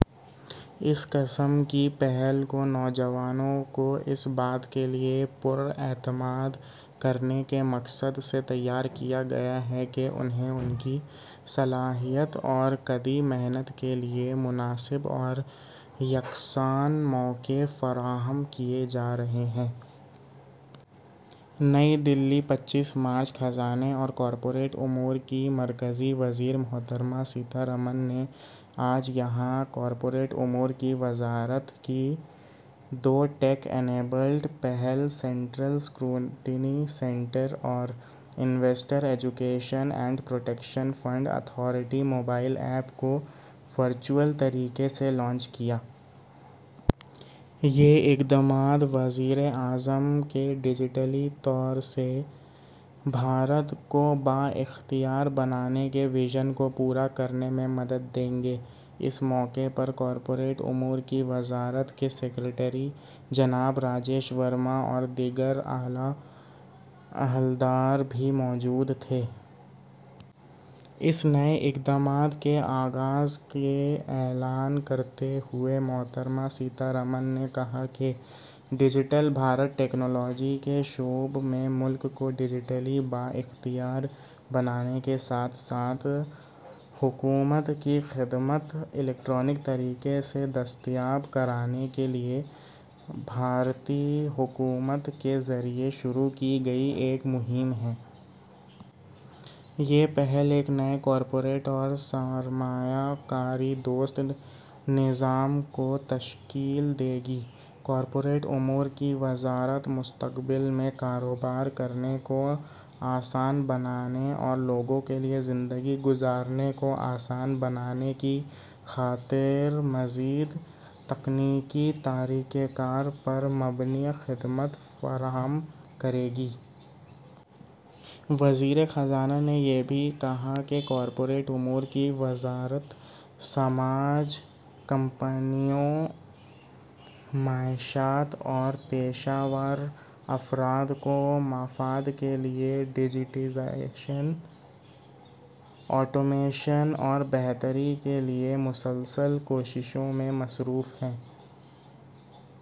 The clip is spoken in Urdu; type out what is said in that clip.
اس قسم کی پہل کو نوجوانوں کو اس بات کے لیے پر اعتماد کرنے کے مقصد سے تیار کیا گیا ہے کہ انہیں ان کی صلاحیت اور کڑی محنت کے لیے مناسب اور یکساں مواقع فراہم کیے جا رہے ہیں۔ نئی دہلی پچیس مارچ خزانے اور کارپوریٹ امور کی مرکزی وزیر محترمہ سیتا رمن نے آج یہاں کارپوریٹ امور کی وزارت کی دو ٹیک انیبل پہل سینٹرل اسکروٹنی سینٹر اور investor education and protection fund authority mobile app کو ورچوئل طریقے سے لانچ کیا۔ یہ اقدامات وزیر اعظم کے ڈجیٹل طور سے بھارت کو با اختیار بنانے کے ویژن کو پورا کرنے میں مدد دیں گے۔ اس موقع پر کارپوریٹ امور کی وزارت کے سکریٹری جناب راجیش ورما اور دیگر اعلیٰ عہدیدار بھی موجود تھے۔ ان نئے اقدامات کے آغاز کا اعلان کرتے ہوئے محترمہ سیتا رمن نے کہا کہ ڈجیٹل بھارت ٹیکنالوجی کے شعبے میں ملک کو ڈجیٹل طور پر بااختیار بنانے کے ساتھ ساتھ حکومت کی خدمات الیکٹرانک طریقے سے دستیاب کرانے کے لیے بھارتی حکومت کے ذریعے شروع کی گئی ایک مہم ہے۔ یہ پہل ایک نئے کارپوریٹ اور سرمایہ کار دوست نظام کو تشکیل دے گی۔ کارپوریٹ امور کی وزارت مستقبل میں کاروبار کرنے کو آسان بنانے اور لوگوں کے لیے زندگی گزارنے کو آسان بنانے کی خاطر مزید تکنیکی طریقہ کار پر مبنی خدمات فراہم کرے گی۔ وزیر خزانہ نے یہ بھی کہا کہ کارپوریٹ امور کی وزارت سماج کمپنیوں معیشت اور پیشہ ور افراد کے مفاد کے لیے ڈجیٹائزیشن آٹومیشن اور بہتری کے لیے مسلسل کوششوں میں مصروف ہے۔